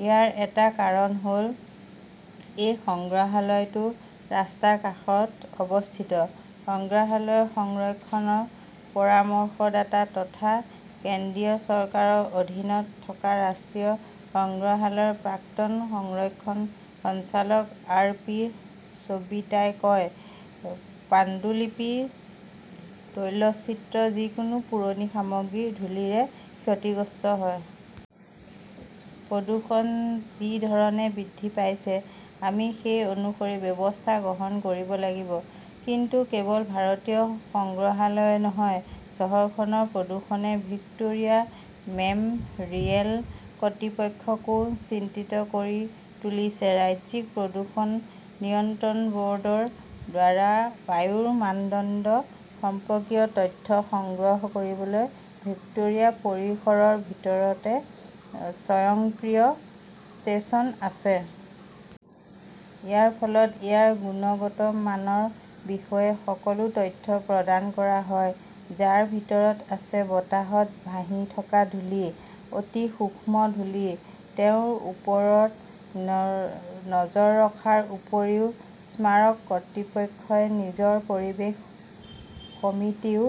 ইয়াৰ এটা কাৰণ হ "ল এই সংগ্ৰহালয়টো ৰাস্তাৰ কাষত অৱস্থিত। সংগ্ৰহালয়ৰ সংৰক্ষণ পৰামৰ্শদাতা তথা কেন্দ্ৰীয় চৰকাৰৰ অধীনত থকা ৰাষ্ট্ৰীয় সংগ্ৰহালয়ৰ প্ৰাক্তন সংৰক্ষণ সঞ্চালক আৰ. পি. সবিতাই কয়, "পাণ্ডুলিপি, তৈলচিত্ৰ, যিকোনো পুৰণি সামগ্ৰী ধূলিৰে ক্ষতিগ্ৰস্ত হয়। প্ৰদূষণ যি ধৰণে বৃদ্ধি পাইছে, আমি সেই অনুসৰি ব্যৱস্থা গ্ৰহণ কৰিব লাগিব। "কিন্তু কেৱল ভাৰতীয় সংগ্ৰহালয়ই নহয়, চহৰখনৰ প্ৰদূষণে ভিক্টোৰিয়া মেম" ৰিয়েল কৰ্তৃপক্ষকো চিন্তিত কৰি তুলিছে। ৰাজ্যিক প্ৰদূষণ নিয়ন্ত্ৰণ ব "ৰ্ডৰ দ্বাৰা বায়ুৰ মানদণ্ড সম্পৰ্কীয় তথ্য সংগ্ৰহ কৰিবলৈ ভিক্টোৰিয়া পৰিসৰৰ ভিতৰতে স্বয়ংক্ৰিয় 'ষ্টেচন" আছে। ইয়াৰ ফলত ইয়াৰ গুণগত মানৰ বিষয়ে সকলো তথ্য প্ৰদান কৰা হয়, যাৰ ভিতৰত আছে বতাহত ভাহি থকা ধূলি, অতি সূক্ষ্ম ধূলি। তেওঁৰ ওপৰত নজৰ ৰখাৰ উপৰিও স্মাৰক কৰ্তৃপক্ষৰ নিজৰ পৰিৱেশ সমিতিও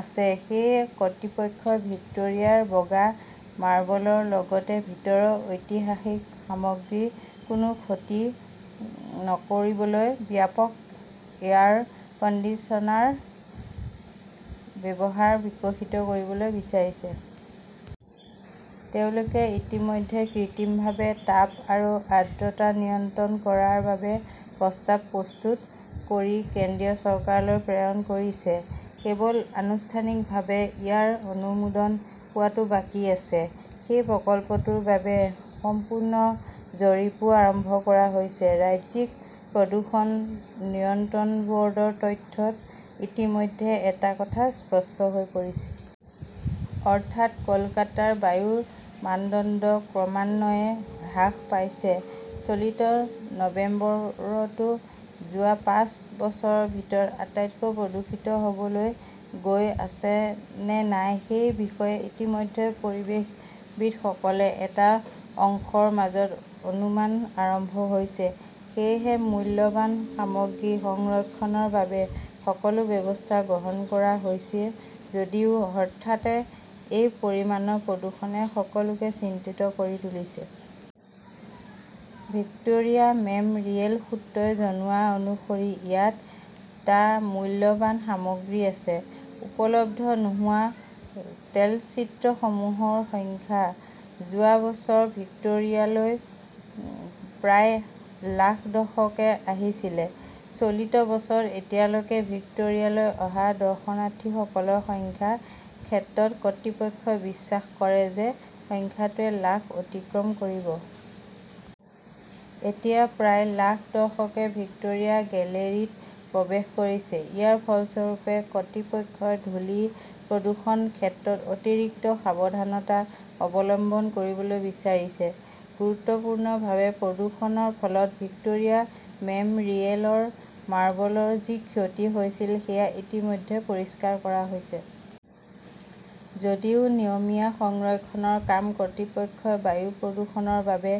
আছে। সেয়েহে কৰ্তৃপক্ষই ভিক্টোৰিয়াৰ বগা মাৰ্বলৰ লগতে ভিতৰৰ ঐতিহাসিক সামগ্ৰীৰ কোনো ক্ষতি নকৰিবলৈ 'ব্যাপক এয়াৰ কণ্ডিচনাৰ্ড "ব্যৱস্থা বিকশিত কৰিবলৈ বিচাৰিছে। তেওঁলোকে ইতিমধ্যে কৃত্ৰিমভাৱে তাপ আৰু আৰ্দ্ৰতা নিয়ন্ত্ৰণ কৰাৰ বাবে প্ৰস্তাৱ প্ৰস্তুত কৰি কেন্দ্ৰীয় চৰকাৰলৈ প্ৰেৰণ কৰিছে। কেৱল আনুষ্ঠানিকভাৱে ইয়াৰ অনুমোদন পোৱাটো বাকী আছে। সেই প্ৰকল্পটোৰ বাবে সম্পূৰ্ণ জৰীপও আৰম্ভ কৰা হৈছে। ৰাজ্যিক প্ৰদূষণ নিয়ন্ত্ৰণ ব "ৰ্ডৰ তথ্যত ইতিমধ্যে এটা কথা স্পষ্ট হৈ পৰিছে। অৰ্থাৎ, কলকাতাৰ বায়ুৰ মানদণ্ড ক্ৰমান্বয়ে হ্ৰাস পাইছে। চলিত নৱেম্বৰটো যোৱা পাঁচ বছৰৰ ভিতৰত আটাইতকৈ প্ৰদূষিত হ "বলৈ গৈ আছে নে নাই সেই বিষয়ে ইতিমধ্যে পৰিৱেশবিদসকলৰ এটা অংশৰ মাজত অনুমান আৰম্ভ হৈছে। সেয়েহে মূল্যৱান সামগ্ৰী সংৰক্ষণৰ বাবে সকলো ব্যৱস্থা গ্ৰহণ কৰা হৈছে যদিও হঠাতে এই পৰিমাণৰ প্ৰদূষণে সকলোকে চিন্তিত কৰি তুলিছে। ভিক্টোৰিয়া মেম "ৰিয়েলৰ সূত্ৰই জনোৱা অনুসৰি ইয়াত, টা মূল্যৱান সামগ্ৰী আছে। উপলব্ধ নোহোৱা তেলচিত্ৰসমূহৰ সংখ্যা। যোৱা বছৰ ভিক্টোৰিয়ালৈ প্ৰায় লাখ দৰ্শকে আহিছিল। চলিত বছৰত এতিয়ালৈকে ভিক্টোৰিয়ালৈ অহা দৰ্শনাৰ্থীসকলৰ সংখ্যাৰ ক্ষেত্ৰত, কৰ্তৃপক্ষই বিশ্বাস কৰে যে সংখ্যাটোৱে লাখ অতিক্ৰম কৰিব। এতিয়া প্ৰায় লাখ দৰ্শকে ভিক্টোৰিয়া গেলেৰীত প্ৰৱেশ কৰিছে। ইয়াৰ ফলস্বৰূপে, কৰ্তৃপক্ষই ধূলি প্ৰদূষণৰ ক্ষেত্ৰত অতিৰিক্ত সাৱধানতা অৱলম্বন কৰিবলৈ বিচাৰিছে। গুৰুত্বপূৰ্ণভাৱে, প্ৰদূষণৰ ফলত ভিক্টোৰিয়া মেম "ৰিয়েলৰ মাৰ্বলৰ যি ক্ষতি হৈছিল সেয়া ইতিমধ্যে পৰিষ্কাৰ কৰা হৈছে। যদিও নিয়মীয়া সংৰক্ষণৰ কাম, কৰ্তৃপক্ষই বায়ু প্ৰদূষণৰ বাবে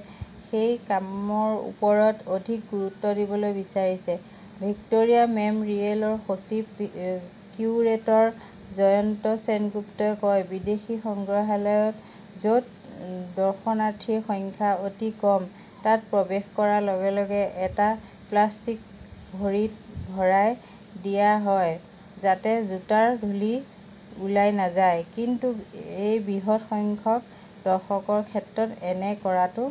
সেই কামৰ ওপৰত অধিক গুৰুত্ব দিবলৈ বিচাৰিছে। ভিক্টোৰিয়া মেম "ৰিয়েলৰ সচিব-কিউৰেটৰ জয়ন্ত সেনগুপ্তই কয়," বিদেশী সংগ্ৰহালয়ত, য "ত দৰ্শনাৰ্থীৰ সংখ্যা অতি কম, তাত প্ৰৱেশ কৰাৰ লগে লগে এটা প্লাষ্টিক ভৰিত ভৰাই দিয়া হয় যাতে জোতাৰ ধূলি ওলাই নাযায়। " কিন্তু এই বৃহৎ সংখ্যক দৰ্শকৰ ক্ষেত্ৰত এনে কৰাটো